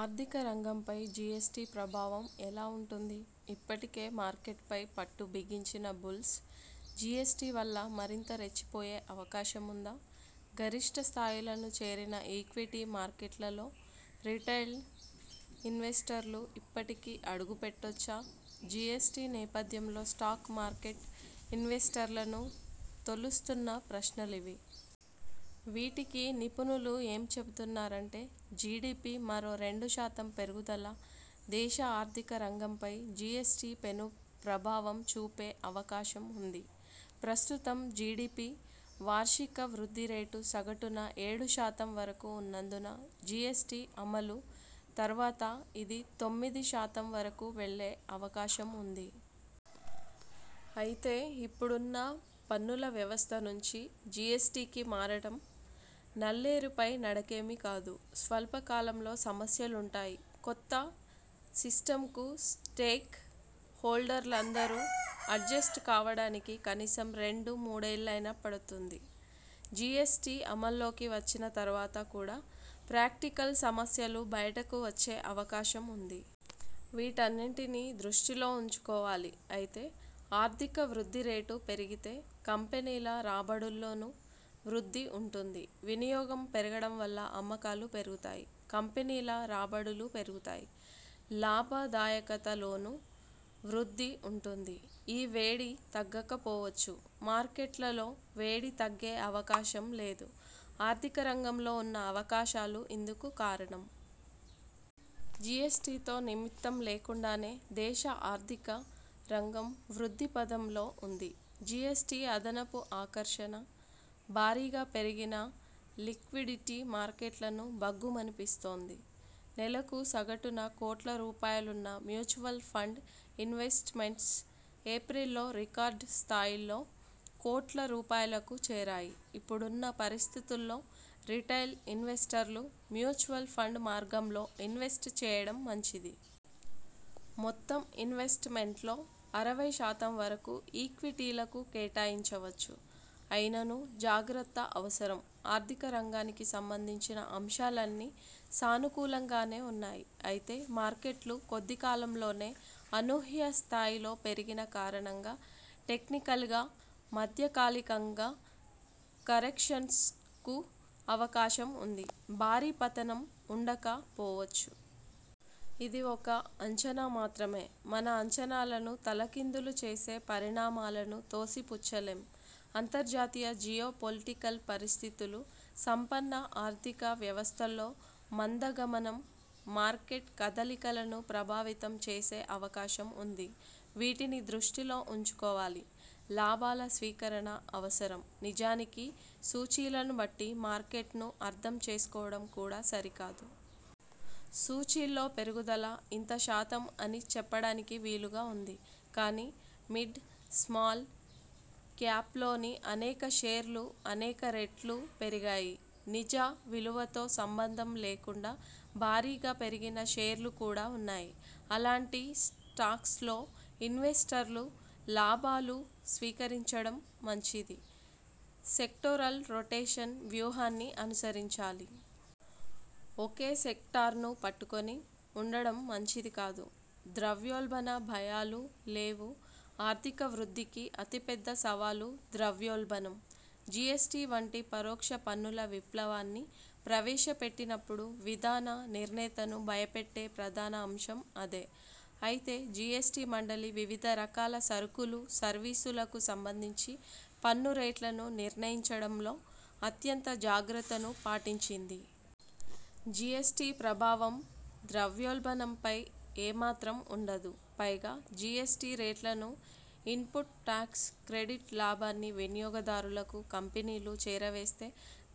ఆర్థిక రంగంపై జిఎస్టి ప్రభావం ఎలా ఉంటుంది? ఇప్పటికే మార్కెట్ పై పట్టు బిగించిన బుల్స్ జిఎస్టి వల్ల మరింత రెచ్చిపోయే అవకాశం ఉందా? గరిష్ఠ స్థాయిలను చేరిన ఈక్విటీ మార్కెట్లలో రిటైల్ ఇన్వెస్టర్లు ఇప్పటికీ అడుగుపెట్టొచ్చా? జిఎస్టి నేపథ్యంలో స్టాక్ మార్కెట్ ఇన్వెస్టర్లను తొలుస్తున్న ప్రశ్నలివి. వీటికి నిపుణులు ఏం చెబుతున్నారంటే జిడిపి మరో రెండు శాతం పెరుగుదల దేశ ఆర్థిక రంగం పై జిఎ్సటి పెను ప్రభావం చూపే అవకాశం ఉంది. ప్రస్తుతం జిడిపి వార్షిక వృద్ధి రేటు సగటున ఏడు శాతం వరకు ఉన్నందున జిఎ్సటి అమలు తర్వాత ఇది తొమ్మిది శాతం వరకు వెళ్లే అవకాశం ఉంది. అయితే ఇప్పుడున్న పన్నుల వ్యవస్థ నుంచి జిఎ్సటి కి మారడం నల్లేరుపై నడకేమీ కాదు. స్వల్పకాలంలో సమస్యలుంటాయి. కొత్త సిస్టమ్కు స్టేక్ హోల్డర్లందరూ అడ్జెస్ట్ కావడానికి కనీసం రెండు మూడేళ్లయినా పడుతుంది. జిఎ్సటి అమల్లోకి వచ్చిన తర్వాత కూడా ప్రాక్టికల్ సమస్యలు బయటకు వచ్చే అవకాశం ఉంది. వీటన్నింటినీ దృష్టిలో ఉంచుకోవాలి. అయితే, ఆర్థిక వృద్ధి రేటు పెరిగితే కంపెనీల రాబడుల్లోనూ వృద్ధి ఉంటుంది. వినియోగం పెరగడం వల్ల అమ్మకాలు పెరుగుతాయి. కంపెనీల రాబడులూ పెరుగుతాయి. లాభదాయకతాలోనూ వృద్ధి ఉంటుంది. ఈ వేడి తగ్గకపోవచ్చుమార్కెట్లలో వేడి తగ్గే అవకాశం లేదు. ఆర్థిక రంగంలో ఉన్న అవకాశాలు ఇందుకు కారణం. జిఎ్సటి తో నిమిత్తం లేకుండానే దేశ ఆర్థిక రంగం వృద్ధిపథంలో ఉంది. జిఎ్సటి అదనపు ఆకర్షణ. భారీగా పెరిగిన లిక్విడిటీ మార్కెట్లను భగ్గుమనిపిస్తోంది. నెలకు సగటున కోట్ల రూపాయలున్న మ్యూచువల్ ఫండ్ ఇన్వెస్ట్ మెంట్స్ ఏప్రిల్లో రికార్డు స్థాయిలో కోట్ల రూపాయలకు చేరాయి. ఇప్పుడున్న పరిస్థితుల్లో రిటైల్ ఇన్వెస్టర్లు మ్యూచువల్ ఫండ్ మార్గంలో ఇన్వెస్ట్ చేయడం మంచిది. మొత్తం ఇన్వెస్ట్ మెంట్లో అరవై శాతం వరకు ఈక్విటీలకు కేటాయించవచ్చు. అయిననూ జాగ్రత్త అవసరం ఆర్థిక రంగానికి సంబంధించిన అంశాలన్నీ సానుకూలంగానే ఉన్నాయి. అయితే మార్కెట్లు కొద్ది కాలంలోనే అనూహ్య స్థాయిలో పెరిగిన కారణంగా టెక్నికల్గా మధ్య కాలికంగా కరెక్షన్స్ కు అవకాశం ఉంది. భారీ పతనం ఉండక పోవచ్చు. ఇది ఒక అంచనా మాత్రమే. మన అంచనాలను తలకిందులు చేసే పరిణామాలను తోసి పుచ్చలేం. అంతర్జాతీయ జియో పొలిటికల్ పరిస్థితులు, సంపన్న ఆర్థిక వ్యవస్థల్లో మంద గమనం మార్కెట్ కదలికలను ప్రభావితం చేసే అవకాశం ఉంది. వీటిని దృష్టిలో ఉంచుకోవాలి. లాభాల స్వీకరణ అవసరం నిజానికి సూచీలను బట్టి మార్కెట్ను అర్ధం చేసుకోవడం కూడా సరికాదు. సూచీల్లో పెరుగుదల ఇంత శాతం అని చెప్పడానికి వీలుగా ఉంది. కానీ మిడ్, స్మాల్ క్యాప్లోని అనేక షేర్లు అనేక రెట్లు పెరిగాయి. నిజ విలువతో సంబంధం లేకుండా భారీగా పెరిగిన షేర్లు కూడా ఉన్నాయి. అలాంటి స్టాక్స్లో ఇన్వెస్టర్లు లాభాలు స్వీకరించడం మంచిది. సెక్టోరల్ రొటేషన్ వ్యూహాన్ని అనుసరించాలి. ఒకే సెక్టార్ను పట్టుకొని ఉండటం మంచిది కాదు. ద్రవ్యోల్బణ భయాలు లేవుఆర్థిక వృద్ధికి అతిపెద్ద సవాలు ద్రవ్యోల్బణం. జిఎ్సటి వంటి పరోక్ష పన్నుల విప్లవాన్ని ప్రవేశపెట్టినప్పుడు విధాన నిర్ణేతను భయపెట్టే ప్రధాన అంశం అదే. అయితే జిఎ్సటి మండలి వివిధ రకాల సరుకులు, సర్వీసులకు సంబంధించి పన్ను రేట్లను నిర్ణయించడంలో అత్యంత జాగ్రత్తను పాటించింది. జిఎ్సటి ప్రభావం ద్రవ్యోల్బణంపై ఏమాత్రం ఉండదు. పైగా జిఎ్సటి రేట్లనూ, ఇన్పుట్ టాక్స్ క్రెడిట్ లాభాన్ని వినియోగదారలకు కంపెనీలు చేరవేస్తే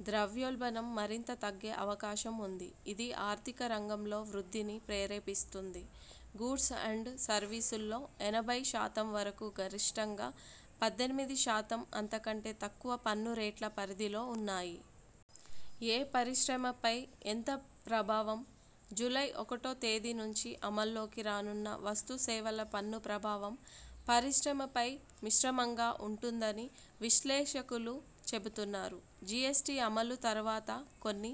ద్రవ్యోల్బణం మరింత తగ్గే అవకాశం ఉంది. ఇది ఆర్థిక రంగంలో వృద్ధిని ప్రేరేపిస్తుంది. గూడ్స్ అండ్ సర్వీసుల్లో ఎనభై శాతం వరకు గరిష్ఠంగా పద్దెనిమిది శాతం అంతకంటే తక్కువ పన్ను రేట్ల పరిధిలో ఉన్నాయి. ఏ పరిశ్రమపై ఎంత ప్రభావం? జూలై ఒకటో తేదీ నుంచి అమల్లోకి రానున్న వస్తు సేవల పన్ను ప్రభావం పరిశ్రమపై మిశ్రమంగా ఉంటుందని విశ్లేషకులు చెబుతున్నారు. జిఎ్సటి అమలు తర్వాత కొన్ని